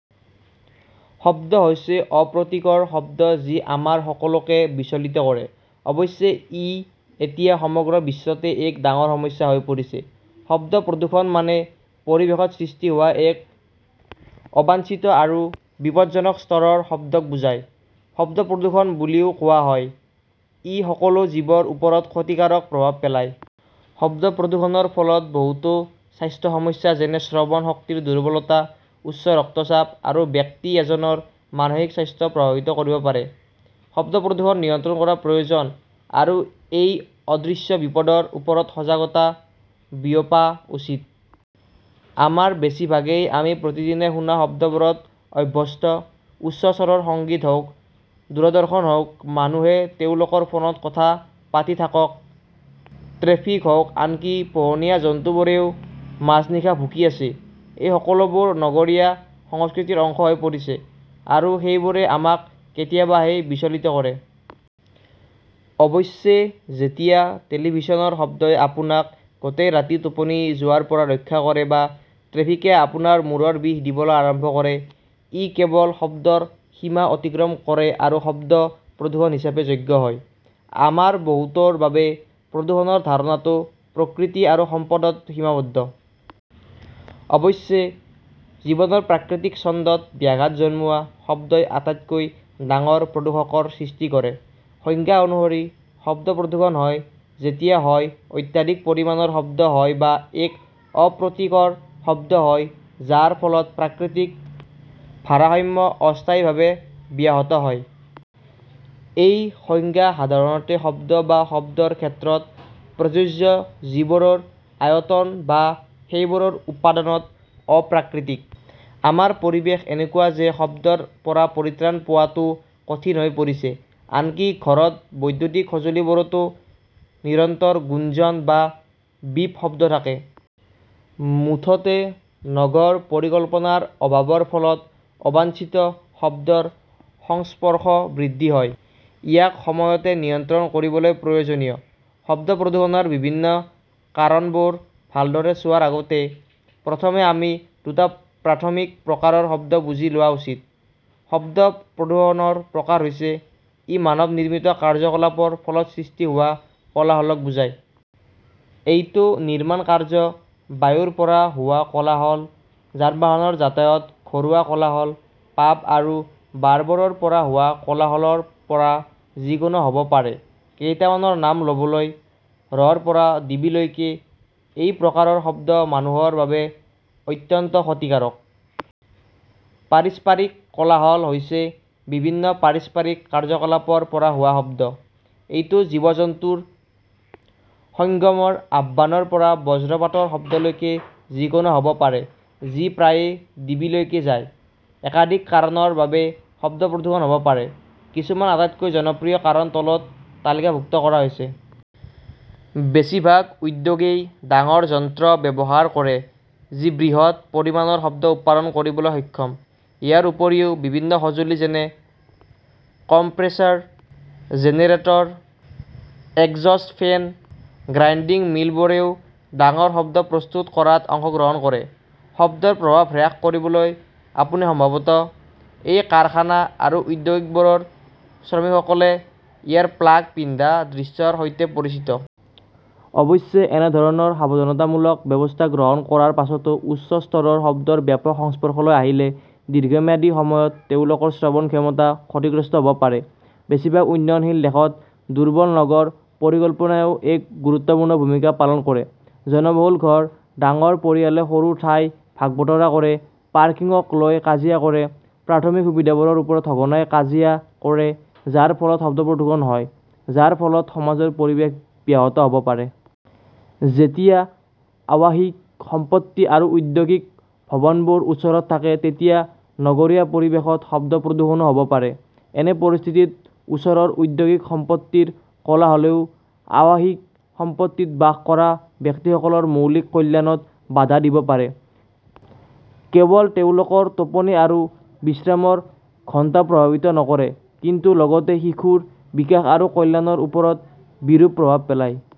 শব্দ হৈছে অপ্ৰীতিকৰ শব্দ যি আমাৰ সকলোকে বিচলিত কৰে। অৱশ্যে, ই এতিয়া সমগ্ৰ বিশ্বতে এক ডাঙৰ সমস্যা হৈ পৰিছে। শব্দ প্ৰদূষণমানে পৰিৱেশত সৃষ্টি হোৱা এক অবাঞ্ছিত আৰু বিপদজনক স্তৰৰ শব্দক বুজায়। শব্দ প্ৰদূষণ বুলিও কোৱা হয়, ই সকলো জীৱৰ ওপৰত ক্ষতিকাৰক প্ৰভাৱ পেলায়। শব্দ প্ৰদূষণৰ ফলত বহুতো স্বাস্থ্য সমস্যা যেনে শ্ৰৱণ শক্তিৰ দুৰ্বলতা, উচ্চ ৰক্তচাপ, আৰু ব্যক্তি এজনৰ মানসিক স্বাস্থ্য প্ৰভাৱিত কৰিব পাৰে। শব্দ প্ৰদূষণ নিয়ন্ত্ৰণ কৰা প্ৰয়োজন, আৰু এই অদৃশ্য বিপদৰ ওপৰত সজাগতা বিয়পা উচিত। আমাৰ বেছিভাগেই আমি প্ৰতিদিনে শুনা শব্দবোৰত অভ্যস্ত। উচ্চ স্বৰৰ সংগীত হওঁক, দূৰদৰ্শন হওঁক, মানুহে তেওঁলোকৰ ফোনত কথা পাতিথাকক, ট্ৰেফিক হওঁক, আনকি পোহনীয়া জন্তুবোৰেও মাজনিশা ভুকি আছে: এই সকলোবোৰ নগৰীয়া সংস্কৃতিৰ অংশ হৈ পৰিছে, আৰু সেইবোৰে আমাক কেতিয়াবাহে বিচলিত কৰে। অৱশ্যে, যেতিয়া টেলিভিছনৰ শব্দই আপোনাক গোটেই ৰাতি টোপনি যোৱাৰ পৰা ৰক্ষা কৰে বা ট্ৰেফিকে আপোনাক মুৰৰ বিষ দিবলৈ আৰম্ভ কৰে, ই কেৱল শব্দৰ সীমা অতিক্ৰম কৰে আৰু শব্দ প্ৰদূষণ হিচাপে যোগ্য হয়। আমাৰ বহুতৰ বাবে, প্ৰদূষণৰ ধাৰণা টো প্ৰকৃতি আৰু সম্পদত সীমাবদ্ধ। অৱশ্যে, জীৱনৰ প্ৰাকৃতিক ছন্দত ব্যাঘাত জন্মোৱা শব্দই আটাইতকৈ ডাঙৰ প্ৰদূষকৰ সৃষ্টি কৰে। সংজ্ঞা অনুসৰি, শব্দ প্ৰদূষণ হয় যেতিয়া হয় অত্যাধিক পৰিমাণৰ শব্দ হয় বা এক অপ্ৰীতিকৰ শব্দ হয় যাৰ ফলত প্ৰাকৃতিক ভাৰসাম্যঅস্থায়ীভাৱে ব্যাহত হয়। এই সংজ্ঞাসাধাৰণতে শব্দ বা শব্দৰ ক্ষেত্ৰত প্ৰযোজ্য যিবোৰৰ আয়তন বা সেইবোৰৰ উৎপাদনত অপ্ৰাকৃতিক। আমাৰ পৰিৱেশ এনেকুৱা যে শব্দৰ পৰা পৰিত্ৰাণ পোৱাটো কঠিন হৈ পৰিছে। আনকি ঘৰত বৈদ্যুতিক সঁজুলিবোৰতো নিৰন্তৰ গুঞ্জন বা বিপ শব্দ থাকে। মুঠতে, নগৰ পৰিকল্পনাৰ অভাৱৰ ফলত অবাঞ্ছিত শব্দৰ সংস্পৰ্শ বৃদ্ধি হয়। ইয়াক সময়মতে নিয়ন্ত্ৰণ কৰিবলৈ প্ৰয়োজনীয়। শব্দ প্ৰদূষণৰ বিভিন্ন কাৰণবোৰ ভালদৰে চোৱাৰ আগতে, প্ৰথমে আমি দুটা প্ৰাথমিক প্ৰকাৰৰ শব্দ বুজি লোৱা উচিত। শব্দ প্ৰদূষণৰ প্ৰকাৰ হৈছে – ই মানৱ-নিৰ্মিত কাৰ্যকলাপৰ ফলত সৃষ্টি হোৱা কোলাহলক বুজায়। এইটো নিৰ্মাণ কাৰ্য, বায়ুৰ পৰা হোৱা কোলাহল, যানবাহনৰ যাতায়ত, ঘৰুৱা কোলাহল, পাব আৰু বাৰবোৰৰ পৰা হোৱা কোলাহলৰ পৰা যিকোনো হ'ব পাৰে, কেইটামানৰ নাম ল'বলৈ। ৰ পৰা ডিবিলৈকে, এই প্ৰকাৰৰ শব্দ মানুহৰ বাবে অত্যন্ত ক্ষতিকাৰক। পাৰিপাৰ্শ্বিক কোলাহল হৈছে বিভিন্ন পাৰিপাৰ্শ্বিক কাৰ্যকলাপৰ পৰা হোৱা শব্দ। এইটো জীৱ-জন্তুৰ সঙ্গমৰ আহ্বানৰ পৰা বজ্ৰপাতৰ শব্দলৈকে যিকোনো হ'ব পাৰে যি প্ৰায়ে ডিবিলৈকে যায়। একাধিক কাৰণৰ বাবে শব্দ প্ৰদূষণ হ'ব পাৰে। কিছুমান আটাইতকৈ জনপ্ৰিয় কাৰণ তলত তালিকাভুক্ত কৰা হৈছে। বেছিভাগ উদ্যোগই ডাঙৰ যন্ত্ৰ ব্যৱহাৰ কৰে যিবৃহৎ পৰিমাণৰ শব্দ উৎপাদন কৰিবলৈ সক্ষম। ইয়াৰ উপৰিও, বিভিন্ন সঁজুলি যেনে compressor, generator, exhaust fan, grinding মিলবোৰেও ডাঙৰ শব্দ প্ৰস্তুত কৰাত অংশগ্ৰহণ কৰে। শব্দৰ প্ৰভাৱ হ্ৰাস কৰিবলৈ আপুনি সম্ভৱতঃ এই কাৰখানা আৰু উদ্যোগবোৰৰ শ্ৰমিকসকলে ইয়াৰপ্লাগ পিন্ধা দৃশ্যৰ সৈতে পৰিচিত। অৱশ্যে, এনেধৰণৰ সাৱধানতামূলক ব্যৱস্থা গ্ৰহণ কৰাৰ পাছতো, উচ্চ স্তৰৰ শব্দৰ ব্যাপক সংস্পৰ্শলৈ আহিলে দীৰ্ঘম্যাদী সময়ত তেওঁলোকৰ শ্ৰৱণ ক্ষমতা ক্ষতিগ্ৰস্ত হ'ব পাৰে। বেছিভাগ উন্নয়নশীল দেশত, দুৰ্বল নগৰ পৰিকল্পনাইও এক গুৰুত্বপূৰ্ণ ভূমিকা পালন কৰে। জনবহুল ঘৰ, ডাঙৰ পৰিয়ালে সৰু ঠাই ভাগ-বতৰা কৰে, পাৰ্কিংক লৈ কাজিয়া কৰে, প্ৰাথমিক সুবিধাবোৰৰ ওপৰত সঘনাই কাজিয়া কৰে, যাৰ ফলত শব্দ প্ৰদূষণ হয়, যাৰ ফলত সমাজৰ পৰিৱেশ ব্যাহত হ'ব পাৰে। যেতিয়া আৱাসিক সম্পত্তি আৰু ঔদ্যোগিক ভৱনবোৰ ওচৰত থাকে তেতিয়া নগৰীয়া পৰিৱেশত শব্দ প্ৰদূষণো হ'ব পাৰে। এনে পৰিস্থিতিত, ওচৰৰ ঔদ্যোগিক সম্পত্তিৰ কোলাহলই আৱাসিক সম্পত্তিত বাস কৰা ব্যক্তিসকলৰ মৌলিক কল্যাণত বাধা দিব পাৰে। কেৱল তেওঁলোকৰ টোপনি আৰু বিশ্ৰামৰ ঘণ্টাপ্ৰভাৱিত নকৰে কিন্তু লগতে শিশুৰ বিকাশ আৰু কল্যাণৰ ওপৰত বিৰূপ প্ৰভাৱ পেলায়।